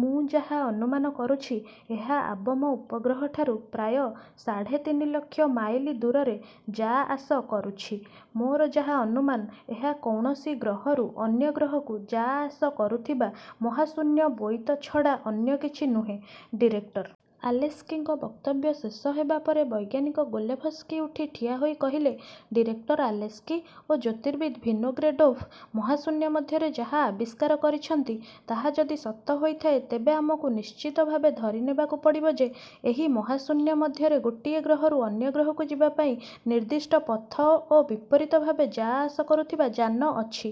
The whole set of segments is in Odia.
ମୁଁ ଯାହା ଅନୁମାନ କରୁଛି, ଏହା ଆବମ ଉପଗ୍ରହଠାରୁ ପ୍ରାୟ ସାଢ଼େ ତିନି ଲକ୍ଷ ମାଇଲ ଦୂରରେ ଯା-ଆସ କରୁଛି। ମୋର ଯାହା ଅନୁମାନ, ଏହା କୌଣସି ଗ୍ରହରୁ ଅନ୍ୟ ଗ୍ରହକୁ ଯା-ଆସ କରୁଥିବା ମହାଶୂନ୍ୟ ବୋଇତ ଛଡ଼ା ଅନ୍ୟ କିଛି ନୁହେଁ। '' ଡିରେକ୍ଟର ଆଲେସ୍କିଙ୍କ ବକ୍ତବ୍ୟ ଶେଷ ହେବା ପରେ ବୈଜ୍ଞାନିକ ଗୋଲେଭସ୍କି ଉଠି ଠିଆହୋଇ କହିଲେ, 'ଡିରେକ୍ଟର ଆଲେସ୍କି ଓ ଜ୍ୟୋତିର୍ବିତ୍ ଭିନୋଗ୍ରେଡ଼ୋଭ୍ ମହାଶୂନ୍ୟ ମଧ୍ୟରେ ଯାହା ଆବିଷ୍କାର କରିଛନ୍ତି, ତାହା ଯଦି ସତ ହୋଇଥାଏ ତେବେ ଆମକୁ ନିଶ୍ଚିତ ଭାବେ ଧରିନେବାକୁ ପଡ଼ିବ ଯେ, ଏହି ମହାଶୂନ୍ୟ ମଧ୍ୟରେ ଗୋଟିଏ ଗ୍ରହରୁ ଅନ୍ୟ ଗ୍ରହକୁ ଯିବାପାଇଁ ନିର୍ଦ୍ଦିଷ୍ଟ ପଥ ଓ ବିପରୀତ ଭାବେ ଯା-ଆସ କରୁଥିବା ଯାନ ଅଛି।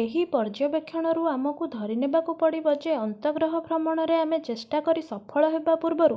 ଏହି ପର୍ଯ୍ୟବେକ୍ଷଣରୁ ଆମକୁ ଧରିନେବାକୁ ପଡ଼ିବ ଯେ ଅନ୍ତର୍ଗହ ଭ୍ରମଣରେ ଆମେ ଚେଷ୍ଟା କରି ସଫଳ ହେବା ପୂର୍ବରୁ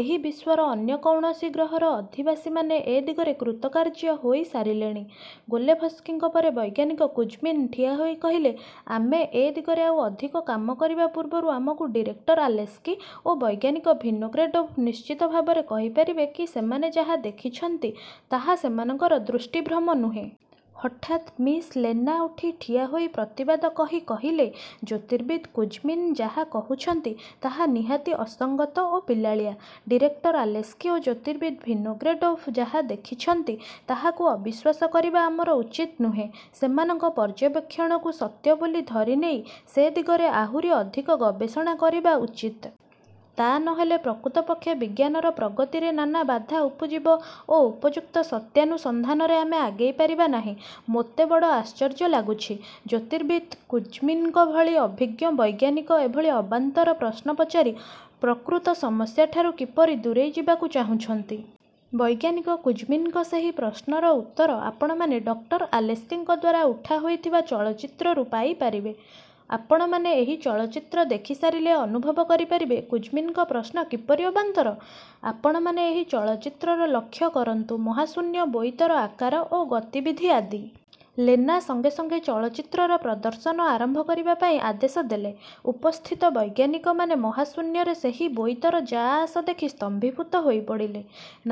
ଏହି ବିଶ୍ୱର ଅନ୍ୟ କୌଣସି ଗ୍ରହର ଅଧିବାସୀମାନେ ଏ ଦିଗରେ କୃତକାର୍ଯ୍ୟ ହୋଇ ସାରିଲେଣି। '' ଗୋଲେଭସ୍କିଙ୍କ ପରେ ବୈଜ୍ଞାନିକ କୁଜ୍ମିନ୍ ଠିଆହୋଇ କହିଲେ, ''ଆମେ ଏ ଦିଗରେ ଆଉ ଅଧିକ କାମ କରିବା ପୂର୍ବରୁ ଆମକୁ ଡିରେକ୍ଟର ଆଲେସ୍କି ଓ ବୈଜ୍ଞାନିକ ଭିନୋଗ୍ରେଡ଼ୋଭ୍ ନିଶ୍ଚିତ ଭାବରେ କହିପାରିବେ କି ସେମାନେ ଯାହା ଦେଖିଛନ୍ତି ତାହା ସେମାନଙ୍କର ଦୃଷ୍ଟିଭ୍ରମ ନୁହେଁ-? '' ହଠାତ୍ ମିସ୍ ଲେନା ଉଠି ଠିଆହୋଇ ପ୍ରତିବାଦ କହି କହିଲେ, ''ଜ୍ୟୋତିର୍ବିତ୍ କୁଜ୍ମିନ୍ ଯାହା କହୁଛନ୍ତି, ତାହା ନିହାତି ଅସଙ୍ଗତ ଓ ପିଲାଳିଆ। ଡିରେକ୍ଟର ଆଲେସ୍କି ଓ ଜ୍ୟୋତିର୍ବିତ୍ ଭିନୋଗ୍ରେଡ଼ୋଭ୍ ଯାହା ଦେଖିଛନ୍ତି, ତାହାକୁ ଅବିଶ୍ୱାସ କରିବା ଆମର ଉଚିତ ନୁହେଁ। ସେମାନଙ୍କ ପର୍ଯ୍ୟବେକ୍ଷଣକୁ ସତ୍ୟ ବୋଲି ଧରିନେଇ ସେ ଦିଗରେ ଆହୁରି ଅଧିକ ଗବେଷଣା କରିବା ଉଚିତ। ତା' ନହେଲେ ପ୍ରକୃତପକ୍ଷେ ବିଜ୍ଞାନର ପ୍ରଗତିରେ ନାନା ବାଧା ଉପୁଜିବ ଓ ଉପଯୁକ୍ତ ସତ୍ୟାନୁସନ୍ଧାନରେ ଆମେ ଆଗେଇ ପାରିବା ନାହିଁ। ମୋତେ ବଡ଼ ଆଶ୍ଚର୍ଯ୍ୟ ଲାଗୁଛି, ଜ୍ୟୋତିର୍ବିତ୍ କୁଜ୍ମିନ୍ଙ୍କ ଭଳି ଅଭିଜ୍ଞ ବୈଜ୍ଞାନିକ ଏଭଳି ଅବାନ୍ତର ପ୍ରଶ୍ନ ପଚାରି ପ୍ରକୃତ ସମସ୍ୟାଠାରୁ କିପରି ଦୂରେଇ ଯିବାକୁ ଚାହୁଁଛନ୍ତି। ବୈଜ୍ଞାନିକ କୁଜ୍ମିନ୍ଙ୍କ ସେହି ପ୍ରଶ୍ନର ଉତ୍ତର ଆପଣମାନେ ଡକ୍ଟର ଆଲେସ୍କିଙ୍କ ଦ୍ୱାରା ଉଠାହୋଇଥିବା ଚଳଚ୍ଚିତ୍ରରୁ ପାଇ ପାରିବେ। ଆପଣମାନେ ଏହି ଚଳଚ୍ଚିତ୍ର ଦେଖି ସାରିଲେ ଅନୁଭବ କରିପାରିବେ କୁଜ୍ମିନ୍ଙ୍କ ପ୍ରଶ୍ନ କିପରି ଅବାନ୍ତର! ଆପଣମାନେ ଏହି ଚଳଚ୍ଚିତ୍ରର ଲକ୍ଷ୍ୟ କରନ୍ତୁ ମହାଶୂନ୍ୟ ବୋଇତର ଆକାର ଓ ଗତିବିଧି ଆଦି। '' ଲେନା ସଙ୍ଗେ ସଙ୍ଗେ ଚଳଚ୍ଚିତ୍ରର ପ୍ରଦର୍ଶନ ଆରମ୍ଭ କରିବା ପାଇଁ ଆଦେଶ ଦେଲେ। ଉପସ୍ଥିତ ବୈଜ୍ଞାନିକମାନେ ମହାଶୂନ୍ୟରେ ସେହି ବୋଇତର ଯା' ଆସ ଦେଖି ସ୍ତମ୍ଭୀଭୂତ ହୋଇପଡ଼ିଲେ।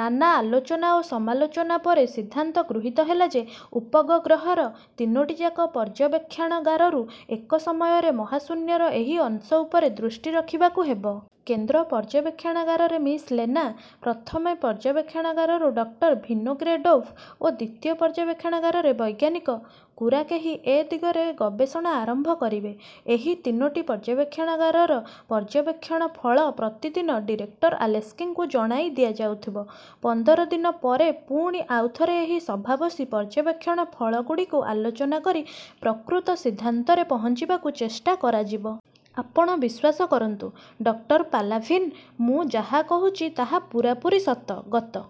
ନାନା ଆଲୋଚନା ଓ ସମାଲୋଚନା ପରେ ସିନ୍ଧାନ୍ତ ଗୃହୀତ ହେଲା ଯେ, ଉପଗଗ୍ରହର ତିନୋଟିଯାକ ପର୍ଯ୍ୟବେକ୍ଷଣାଗାରରୁ ଏକ ସମୟରେ ମହାଶୂନ୍ୟର ଏହି ଅଂଶ ଉପରେ ଦୃଷ୍ଟି ରଖିବାକୁ ହେବ। କେନ୍ଦ୍ର ପର୍ଯ୍ୟବେକ୍ଷଣାଗାରରେ ମିସ୍ ଲେନା, ପ୍ରଥମେ ପର୍ଯ୍ୟବେକ୍ଷଣାଗାରରୁ ଡକ୍ଟର ଭିନୋଗ୍ରେଡ଼ୋଭ୍ ଓ ଦ୍ୱିତୀୟ ପର୍ଯ୍ୟବେକ୍ଷଣାଗାରରେ ବୈଜ୍ଞାନିକ। କୁରାକେହି ଏ ଦିଗରେ ଗବେଷଣା ଆରମ୍ଭ କରିବେ। ଏହି ତିନୋଟି ପର୍ଯ୍ୟବେକ୍ଷଣାଗାରର ପର୍ଯ୍ୟବେକ୍ଷଣ ଫଳ ପ୍ରତିଦିନ ଡିରେକ୍ଟର ଆଲେସ୍କିଙ୍କୁ ଜଣାଇ ଦିଆଯାଉଥିବ। ପନ୍ଦର ଦିନ ପରେ ପୁଣି ଆଉ ଥରେ ଏହି ସଭା ବସି ପର୍ଯ୍ୟବେକ୍ଷଣ ଫଳଗୁଡ଼ିକୁ ଆଲୋଚନା କରି ପ୍ରକୃତ ସିଦ୍ଧାନ୍ତରେ ପହଞ୍ଚିବାକୁ ଚେଷ୍ଟା କରାଯିବ। ''ଆପଣ ବିଶ୍ୱାସ କରନ୍ତୁ. ଡକ୍ଟର ପାଲାଭିନ୍, ମୁଁ ଯାହା କହୁଛି ତାହା ପୂରାପୂରି ସତ। ଗତ